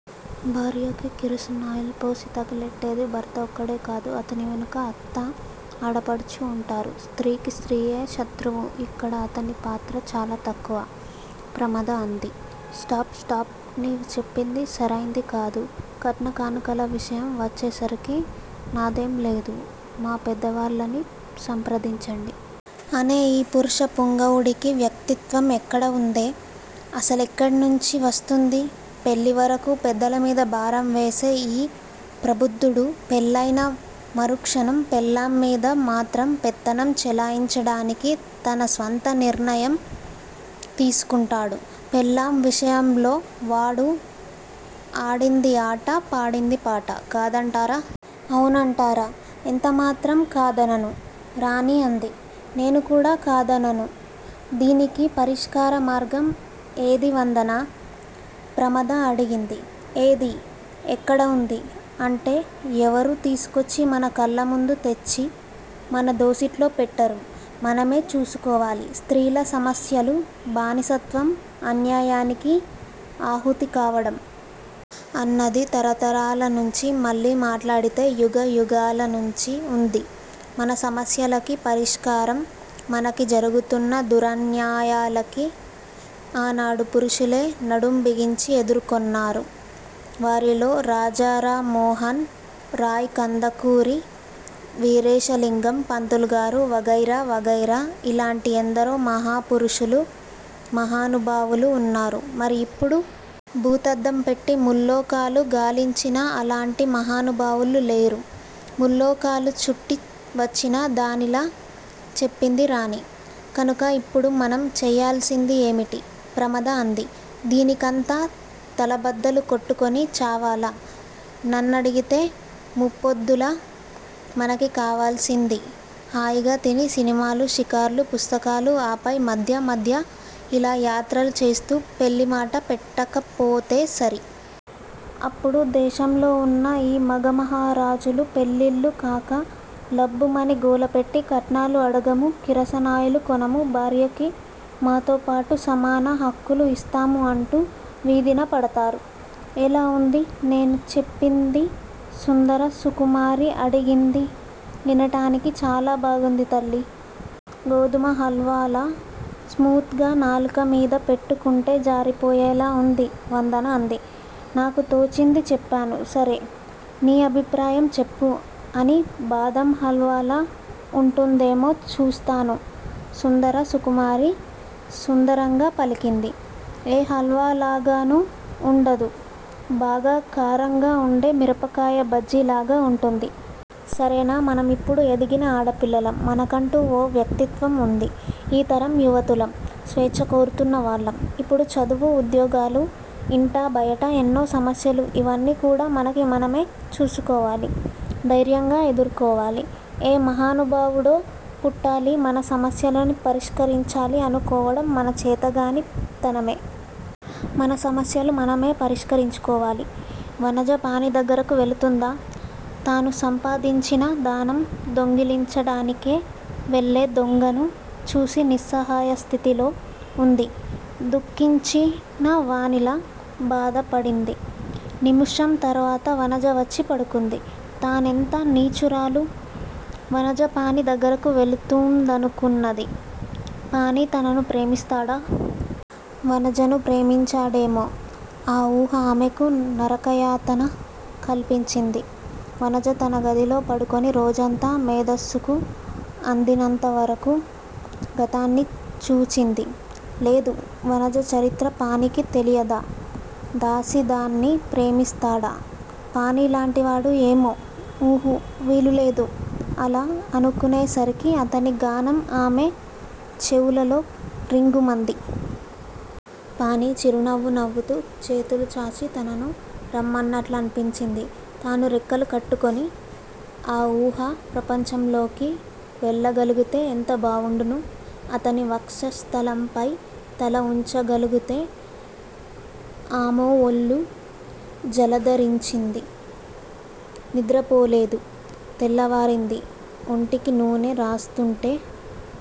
భార్యపై కిరసనాయిల్ పోసి తగలెట్టేది భర్త ఒక్కడే కాదు అతని వెనుక అత్త ఆడబడుచు ఉంటారు. స్త్రీకి స్త్రీయే శత్రువు ఇక్కడ అతని పాత్ర చాలా తక్కువ. ప్రమద అంది. స్టాప్! స్టాప్! నీవు చెప్పింది సరైంది కాదు. కట్న కానుకల విషయం వచ్చేసరికి నాదేంలేదు మా పెద్దవాళ్ళని సంప్రదించండి. అనే ఈ పురుష పుంగవుడికి వ్యక్తిత్వం ఎక్కడ ఉందే? అసలెక్కడ్నించి వస్తుంది? పెళ్ళివరకు పెద్దలమీద భారం వేసే ఈ ప్రబుద్ధుడు పెళ్ళయిన మరుక్షణం పెళ్ళాంమీద మాత్రం పెత్తనం చెలాయించడానికి తన స్వంత నిర్ణయం తీసుకుంటాడు. పెళ్ళాం విషయంలో వాడు ఆడింది ఆట పాడింది పాట. కాదంటారా! ఔనంటారా! ఎంతమాత్రం కాదనను. రాణి అంది. నేను కూడా కాదనను. దీనికి పరిష్కార మార్గం ఏది వందనా? ప్రమద అడిగింది. ఏది? ఎక్కడ ఉంది? అంటే ఎవరూ తీసుకొచ్చి మన కళ్ళముందు తెచ్చి మన దోసిట్లో పెట్టరు. మనమే చూసుకోవాలి. స్త్రీల సమస్యలు బానిసత్వం అన్యాయానికి ఆహుతి కావడం. అన్నది తరతరాల నుంచి మళ్ళీ మాట్లాడితే యుగ యుగాలనుంచి ఉంది. మన సమస్యలకి పరిష్కారం మనకి జరుగుతున్న దురన్యాయాలకి ఆనాడు పురుషులే నడుంబిగించి ఎదుర్కొన్నారు. వారిలో రాజారామోహన్ రాయ్ కందకూరి వీరేశలింగం పంతులుగారు వగైరా వగైరా ఇలాంటి ఎందరో మహాపురుషులు మహానుభావులు ఉన్నారు. మరి ఇప్పుడు? భూతద్దం పెట్టి ముల్లోకాలు గాలించినా అలాంటి మహానుభావులు లేరు. ముల్లోకాలు చుట్టి వచ్చినదానిలా చెప్పింది రాణి. కనుక ఇప్పుడు మనం చెయ్యాల్సింది ఏమిటి? ప్రమద అంది. దీనికంత తలబద్దలు కొట్టుకొని చావాలా? నన్నడిగితే ముప్పొద్దులా మనకి కావాల్సింది హాయిగా తిని సినిమాలు షికార్లు పుస్తకాలు ఆపై మధ్య మధ్య ఇలా యాత్రలు చేస్తూ పెళ్ళిమాట పెట్టకపోతే సరి. అప్పుడు దేశంలో ఉన్న ఈ మగ మహారాజులు పెళ్ళిళ్ళు కాక లబ్బుమని గోలపెట్టి కట్నాలు అడగము కిరసనాయిలు కొనము భార్యకి మాతోపాటు సమాన హక్కులు ఇస్తాము అంటూ వీధిన పడతారు. ఎలా వుంది నేను చెప్పింది సుందర సుకుమారి అడిగింది. వినటానికి చాలా బాగుంది తల్లీ! గోధుమ హల్వాలా స్మూత్ గా నాలుకమీద పెట్టుకుంటే జారిపోయేలా ఉంది వందన అంది. నాకు తోచింది చెప్పాను సరే__నీ అభిప్రాయం చెప్పు అని బాదం హల్వాలా ఉంటుందేమో చూస్తాను. సుందర సుకుమారి సుందరంగ పలికింది. ఏ హల్వాలాగాను ఉండదు. బాగా కారంగా ఉండే మిరపకాయ బజ్జిలాగ ఉంటుంది. సరేనా! మనమిప్పుడు ఎదిగిన ఆడపిల్లలం మనకంటు ఓ వ్యక్తిత్వం ఉంది. ఈ తరం యువతులం. స్వేచ్చ కోరుతున్నవాళ్ళం. ఇప్పుడు చదువు ఉద్యోగాలు ఇంటా బయట ఎన్నో సమస్యలు ఇవన్నీ కూడా మనకి మనమే చూసుకోవాలి. ధైర్యంగ ఎదుర్కోవాలి. ఏ మహానుభావుడో పుట్టాలి మన సమస్యలని పరిష్కరించాలి అనుకోవడం మనచేతగాని తనమే. మన సమస్యలు మనమే పరిష్కరించుకోవాలి। వనజ పాణి దగ్గరకు వెళుతుందా? తాను సంపాదించిన దానం దొంగిలించడానికే వెళ్ళే దొంగను చూసి నిస్సహాయస్థితిలో ఉంది దుఃఖించినవానిలా బాధపడింది. నిముషం తరువాత వనజ వచ్చి పడుకుంది. -తానెంత నీచురాలు? వనజ పాణి దగ్గరకు వెళుతూందనుకున్నది. పాణి తనను ప్రేమిస్తాడా? వనజను ప్రేమించాడేమో! ఆ ఊహ ఆమెకు నరకయాతఃన కల్పించింది. వనజ తన గదిలో పడుకోని రోజంతా మేధస్సుకు అందినంతవరకూ గతాన్ని చూచింది. లేదు, వనజ చరిత్ర పాణికి తెలియదా? దాసీదాన్ని ప్రేమిస్తాడా పాణిలాంటివాడు? ఏమో! ఉహు వీలులేదు. అలా అనుకునేసరికి అతని గానం ఆమె చెవులలో రింగుమంది. పాణి చిరునవ్వు నవ్వుతూ చేతులు చాచి తనను రమ్మన్నట్లనిపించింది. తాను రెక్కలు కట్టుకొని ఆ ఊహా ప్రపంచంలోకి వెళ్ళగలుగుతే ఎంత బావుండును? అతని వక్షస్థలంపై తల ఉంచగలుగుతే! ఆమోఒళ్ళు జలదరించింది. నిద్రపోలేదు. తెల్లవారింది. ఒంటికి నూనె రాస్తుంటే